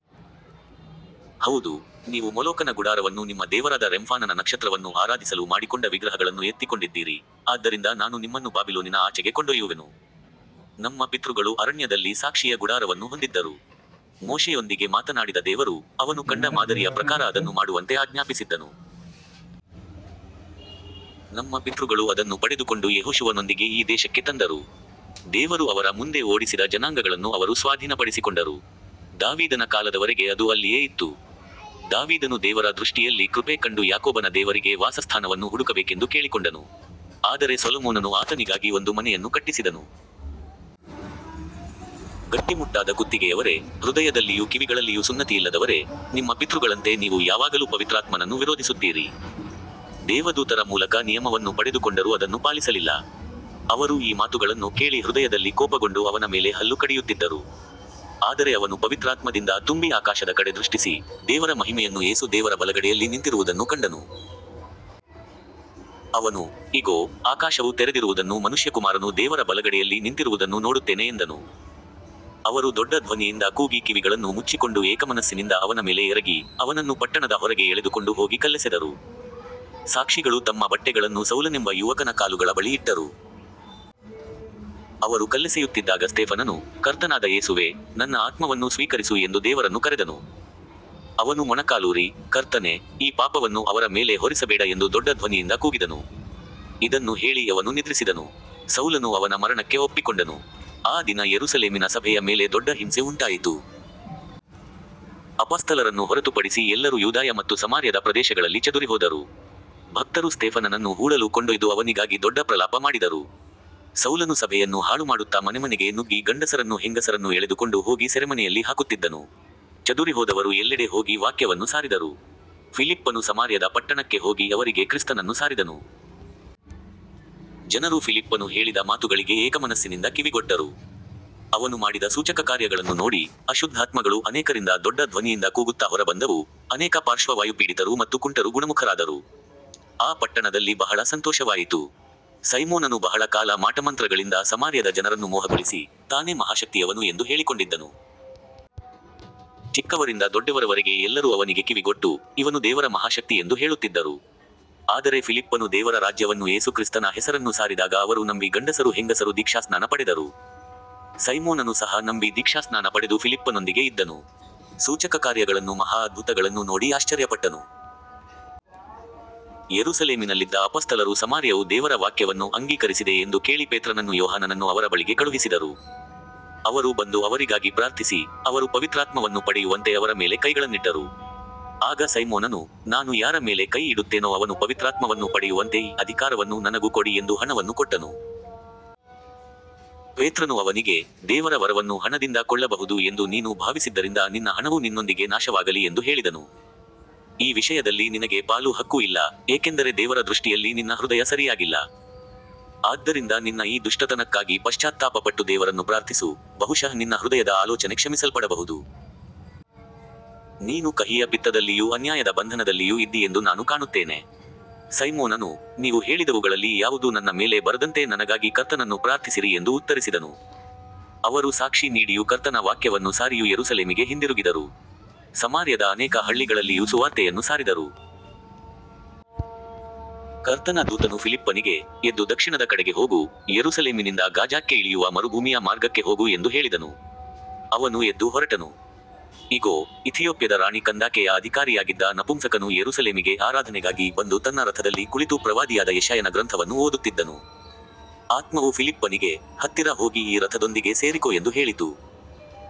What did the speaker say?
ಹೌದು, ನೀವು ಮೊಲೋಕನ ಗುಡಾರವನ್ನೂ ನಿಮ್ಮ ದೇವರಾದ ರೆಮ್ಫಾನನ ನಕ್ಷತ್ರವನ್ನೂ ಆರಾಧಿಸಲು ಮಾಡಿಕೊಂಡ ವಿಗ್ರಹಗಳನ್ನು ಎತ್ತಿಕೊಂಡಿದ್ದೀರಿ, ಆದ್ದರಿಂದ ನಾನು ನಿಮ್ಮನ್ನು ಬಾಬಿಲೋನಿನ ಆಚೆಗೆ ಕೊಂಡೊಯ್ಯುವೆನು. ನಮ್ಮ ಪಿತೃಗಳು ಅರಣ್ಯದಲ್ಲಿ ಸಾಕ್ಷಿಯ ಗುಡಾರವನ್ನು ಹೊಂದಿದ್ದರು. ಮೋಶೆಯೊಂದಿಗೆ ಮಾತನಾಡಿದ ದೇವರು, ಅವನು ಕಂಡ ಮಾದರಿಯ ಪ್ರಕಾರ ಅದನ್ನು ಮಾಡುವಂತೆ ಆಜ್ಞಾಪಿಸಿದ್ದನು. ನಮ್ಮ ಪಿತೃಗಳು ಅದನ್ನು ಪಡೆದುಕೊಂಡು ಯೆಹೋಶುವನೊಂದಿಗೆ ಈ ದೇಶಕ್ಕೆ ತಂದರು. ದೇವರು ಅವರ ಮುಂದೆ ಓಡಿಸಿದ ಜನಾಂಗಗಳನ್ನು ಅವರು ಸ್ವಾಧೀನಪಡಿಸಿಕೊಂಡರು. ದಾವೀದನ ಕಾಲದವರೆಗೆ ಅದು ಅಲ್ಲಿಯೇ ಇತ್ತು. ದಾವೀದನು ದೇವರ ದೃಷ್ಟಿಯಲ್ಲಿ ಕೃಪೆ ಕಂಡು ಯಾಕೋಬನ ದೇವರಿಗೆ ವಾಸಸ್ಥಾನವನ್ನು ಹುಡುಕಬೇಕೆಂದು ಕೇಳಿಕೊಂಡನು. ಆದರೆ ಸೊಲೊಮೋನನು ಆತನಿಗಾಗಿ ಒಂದು ಮನೆಯನ್ನು ಕಟ್ಟಿಸಿದನು. ಗಟ್ಟಿಮುಟ್ಟಾದ ಕುತ್ತಿಗೆಯವರೇ, ಹೃದಯದಲ್ಲಿಯೂ ಕಿವಿಗಳಲ್ಲಿಯೂ ಸುನ್ನತಿಯಿಲ್ಲದವರೇ, ನಿಮ್ಮ ಪಿತೃಗಳಂತೆ ನೀವು ಯಾವಾಗಲೂ ಪವಿತ್ರಾತ್ಮನನ್ನು ವಿರೋಧಿಸುತ್ತೀರಿ. ದೇವದೂತರ ಮೂಲಕ ನಿಯಮವನ್ನು ಪಡೆದುಕೊಂಡರೂ ಅದನ್ನು ಪಾಲಿಸಲಿಲ್ಲ. ಅವರು ಈ ಮಾತುಗಳನ್ನು ಕೇಳಿ ಹೃದಯದಲ್ಲಿ ಕೋಪಗೊಂಡು ಅವನ ಮೇಲೆ ಹಲ್ಲು ಕಡಿಯುತ್ತಿದ್ದರು. ಆದರೆ ಅವನು ಪವಿತ್ರಾತ್ಮದಿಂದ ತುಂಬಿ ಆಕಾಶದ ಕಡೆ ದೃಷ್ಟಿಸಿ, ದೇವರ ಮಹಿಮೆಯನ್ನೂ ಯೇಸು ದೇವರ ಬಲಗಡೆಯಲ್ಲಿ ನಿಂತಿರುವುದನ್ನೂ ಕಂಡನು. ಅವನು, ಇಗೋ, ಆಕಾಶವು ತೆರೆದಿರುವುದನ್ನೂ ಮನುಷ್ಯಕುಮಾರನು ದೇವರ ಬಲಗಡೆಯಲ್ಲಿ ನಿಂತಿರುವುದನ್ನೂ ನೋಡುತ್ತೇನೆ ಎಂದನು. ಅವರು ದೊಡ್ಡ ಧ್ವನಿಯಿಂದ ಕೂಗಿ ಕಿವಿಗಳನ್ನು ಮುಚ್ಚಿಕೊಂಡು ಏಕಮನಸ್ಸಿನಿಂದ ಅವನ ಮೇಲೆ ಎರಗಿ, ಅವನನ್ನು ಪಟ್ಟಣದ ಹೊರಗೆ ಎಳೆದುಕೊಂಡು ಹೋಗಿ ಕಲ್ಲೆಸೆದರು. ಸಾಕ್ಷಿಗಳು ತಮ್ಮ ಬಟ್ಟೆಗಳನ್ನು ಸೌಲನೆಂಬ ಯುವಕನ ಕಾಲುಗಳ ಬಳಿ ಇಟ್ಟರು. ಅವರು ಕಲ್ಲೆಸೆಯುತ್ತಿದ್ದಾಗ ಸ್ತೇಫನನು, ಕರ್ತನಾದ ಯೇಸುವೇ, ನನ್ನ ಆತ್ಮವನ್ನು ಸ್ವೀಕರಿಸು ಎಂದು ದೇವರನ್ನು ಕರೆದನು. ಅವನು ಮೊಣಕಾಲೂರಿ, ಕರ್ತನೇ, ಈ ಪಾಪವನ್ನು ಅವರ ಮೇಲೆ ಹೊರಿಸಬೇಡ ಎಂದು ದೊಡ್ಡ ಧ್ವನಿಯಿಂದ ಕೂಗಿದನು. ಇದನ್ನು ಹೇಳಿ ಅವನು ನಿದ್ರಿಸಿದನು. ಸೌಲನು ಅವನ ಮರಣಕ್ಕೆ ಒಪ್ಪಿಕೊಂಡನು. ಆ ದಿನ ಯೆರೂಸಲೇಮಿನ ಸಭೆಯ ಮೇಲೆ ದೊಡ್ಡ ಹಿಂಸೆ ಉಂಟಾಯಿತು. ಅಪೊಸ್ತಲರನ್ನು ಹೊರತುಪಡಿಸಿ ಎಲ್ಲರೂ ಯೂದಾಯ ಮತ್ತು ಸಮಾರ್ಯದ ಪ್ರದೇಶಗಳಲ್ಲಿ ಚದುರಿಹೋದರು. ಭಕ್ತರು ಸ್ತೇಫನನನ್ನು ಹೂಳಲು ಕೊಂಡೊಯ್ದು ಅವನಿಗಾಗಿ ದೊಡ್ಡ ಪ್ರಲಾಪ ಮಾಡಿದರು. ಸೌಲನು ಸಭೆಯನ್ನು ಹಾಳುಮಾಡುತ್ತಾ ಮನೆಮನೆಗೆ ನುಗ್ಗಿ ಗಂಡಸರನ್ನೂ ಹೆಂಗಸರನ್ನೂ ಎಳೆದುಕೊಂಡು ಹೋಗಿ ಸೆರೆಮನೆಯಲ್ಲಿ ಹಾಕುತ್ತಿದ್ದನು. ಚದುರಿಹೋದವರು ಎಲ್ಲೆಡೆ ಹೋಗಿ ವಾಕ್ಯವನ್ನು ಸಾರಿದರು. ಫಿಲಿಪ್ಪನು ಸಮಾರ್ಯದ ಪಟ್ಟಣಕ್ಕೆ ಹೋಗಿ ಅವರಿಗೆ ಕ್ರಿಸ್ತನನ್ನು ಸಾರಿದನು. ಜನರು ಫಿಲಿಪ್ಪನು ಹೇಳಿದ ಮಾತುಗಳಿಗೆ ಏಕಮನಸ್ಸಿನಿಂದ ಕಿವಿಗೊಟ್ಟರು. ಅವನು ಮಾಡಿದ ಸೂಚಕಕಾರ್ಯಗಳನ್ನು ನೋಡಿ, ಅಶುದ್ಧಾತ್ಮಗಳು ಅನೇಕರಿಂದ ದೊಡ್ಡ ಧ್ವನಿಯಿಂದ ಕೂಗುತ್ತಾ ಹೊರಬಂದವು, ಅನೇಕ ಪಾರ್ಶ್ವವಾಯುಪೀಡಿತರು ಮತ್ತು ಕುಂಟರು ಗುಣಮುಖರಾದರು. ಆ ಪಟ್ಟಣದಲ್ಲಿ ಬಹಳ ಸಂತೋಷವಾಯಿತು. ಸೈಮೋನನು ಬಹಳ ಕಾಲ ಮಾಟಮಂತ್ರಗಳಿಂದ ಸಮಾರ್ಯದ ಜನರನ್ನು ಮೋಹಗೊಳಿಸಿ, ತಾನೇ ಮಹಾಶಕ್ತಿಯವನು ಎಂದು ಹೇಳಿಕೊಂಡಿದ್ದನು. ಚಿಕ್ಕವರಿಂದ ದೊಡ್ಡವರವರೆಗೆ ಎಲ್ಲರೂ ಅವನಿಗೆ ಕಿವಿಗೊಟ್ಟು, ಇವನು ದೇವರ ಮಹಾಶಕ್ತಿ ಎಂದು ಹೇಳುತ್ತಿದ್ದರು. ಆದರೆ ಫಿಲಿಪ್ಪನು ದೇವರ ರಾಜ್ಯವನ್ನೂ ಯೇಸುಕ್ರಿಸ್ತನ ಹೆಸರನ್ನೂ ಸಾರಿದಾಗ ಅವರು ನಂಬಿ ಗಂಡಸರೂ ಹೆಂಗಸರೂ ದೀಕ್ಷಾಸ್ನಾನ ಪಡೆದರು. ಸೈಮೋನನು ಸಹ ನಂಬಿ ದೀಕ್ಷಾಸ್ನಾನ ಪಡೆದು ಫಿಲಿಪ್ಪನೊಂದಿಗೆ ಇದ್ದನು. ಸೂಚಕಕಾರ್ಯಗಳನ್ನೂ ಮಹಾ ಅದ್ಭುತಗಳನ್ನೂ ನೋಡಿ ಆಶ್ಚರ್ಯಪಟ್ಟನು. ಯೆರೂಸಲೇಮಿನಲ್ಲಿದ್ದ ಅಪೊಸ್ತಲರು ಸಮಾರ್ಯವು ದೇವರ ವಾಕ್ಯವನ್ನು ಅಂಗೀಕರಿಸಿದೆ ಎಂದು ಕೇಳಿ ಪೇತ್ರನನ್ನೂ ಯೋಹಾನನನ್ನೂ ಅವರ ಬಳಿಗೆ ಕಳುಹಿಸಿದರು. ಅವರು ಬಂದು ಅವರಿಗಾಗಿ ಪ್ರಾರ್ಥಿಸಿ, ಅವರು ಪವಿತ್ರಾತ್ಮವನ್ನು ಪಡೆಯುವಂತೆ ಅವರ ಮೇಲೆ ಕೈಗಳನ್ನಿಟ್ಟರು. ಆಗ ಸೈಮೋನನು, ನಾನು ಯಾರ ಮೇಲೆ ಕೈ ಇಡುತ್ತೇನೋ ಅವನು ಪವಿತ್ರಾತ್ಮವನ್ನು ಪಡೆಯುವಂತೆ ಈ ಅಧಿಕಾರವನ್ನು ನನಗೂ ಕೊಡಿ ಎಂದು ಹಣವನ್ನು ಕೊಟ್ಟನು. ಪೇತ್ರನು ಅವನಿಗೆ, ದೇವರ ವರವನ್ನು ಹಣದಿಂದ ಕೊಳ್ಳಬಹುದು ಎಂದು ನೀನು ಭಾವಿಸಿದ್ದರಿಂದ ನಿನ್ನ ಹಣವು ನಿನ್ನೊಂದಿಗೇ ನಾಶವಾಗಲಿ ಎಂದು ಹೇಳಿದನು. ಈ ವಿಷಯದಲ್ಲಿ ನಿನಗೆ ಪಾಲೂ ಹಕ್ಕೂ ಇಲ್ಲ, ಏಕೆಂದರೆ ದೇವರ ದೃಷ್ಟಿಯಲ್ಲಿ ನಿನ್ನ ಹೃದಯ ಸರಿಯಾಗಿಲ್ಲ. ಆದ್ದರಿಂದ ನಿನ್ನ ಈ ದುಷ್ಟತನಕ್ಕಾಗಿ ಪಶ್ಚಾತ್ತಾಪಪಟ್ಟು ದೇವರನ್ನು ಪ್ರಾರ್ಥಿಸು, ಬಹುಶಃ ನಿನ್ನ ಹೃದಯದ ಆಲೋಚನೆ ಕ್ಷಮಿಸಲ್ಪಡಬಹುದು. ನೀನು ಕಹಿಯ ಪಿತ್ತದಲ್ಲಿಯೂ ಅನ್ಯಾಯದ ಬಂಧನದಲ್ಲಿಯೂ ಇದ್ದೀಯೆಂದು ನಾನು ಕಾಣುತ್ತೇನೆ. ಸೈಮೋನನು, ನೀವು ಹೇಳಿದವುಗಳಲ್ಲಿ ಯಾವುದೂ ನನ್ನ ಮೇಲೆ ಬರದಂತೆ ನನಗಾಗಿ ಕರ್ತನನ್ನು ಪ್ರಾರ್ಥಿಸಿರಿ ಎಂದು ಉತ್ತರಿಸಿದನು. ಅವರು ಸಾಕ್ಷಿ ನೀಡಿಯೂ ಕರ್ತನ ವಾಕ್ಯವನ್ನು ಸಾರಿಯೂ ಯೆರೂಸಲೇಮಿಗೆ ಹಿಂದಿರುಗಿದರು. ಸಮಾರ್ಯದ ಅನೇಕ ಹಳ್ಳಿಗಳಲ್ಲಿಯೂ ಸುವಾರ್ತೆಯನ್ನು ಸಾರಿದರು. ಕರ್ತನ ದೂತನು ಫಿಲಿಪ್ಪನಿಗೆ, ಎದ್ದು ದಕ್ಷಿಣದ ಕಡೆಗೆ ಹೋಗು, ಯೆರೂಸಲೇಮಿನಿಂದ ಗಾಜಾಕ್ಕೆ ಇಳಿಯುವ ಮರುಭೂಮಿಯ ಮಾರ್ಗಕ್ಕೆ ಹೋಗು ಎಂದು ಹೇಳಿದನು. ಅವನು ಎದ್ದು ಹೊರಟನು. ಇಗೋ, ಇಥಿಯೋಪ್ಯದ ರಾಣಿ ಕಂದಾಕೆಯ ಅಧಿಕಾರಿಯಾಗಿದ್ದ ನಪುಂಸಕನು ಯೆರೂಸಲೇಮಿಗೆ ಆರಾಧನೆಗಾಗಿ ಬಂದು ತನ್ನ ರಥದಲ್ಲಿ ಕುಳಿತು ಪ್ರವಾದಿಯಾದ ಯೆಶಾಯನ ಗ್ರಂಥವನ್ನು ಓದುತ್ತಿದ್ದನು. ಆತ್ಮವು ಫಿಲಿಪ್ಪನಿಗೆ, ಹತ್ತಿರ ಹೋಗಿ ಈ ರಥದೊಂದಿಗೆ ಸೇರಿಕೋ ಎಂದು ಹೇಳಿತು.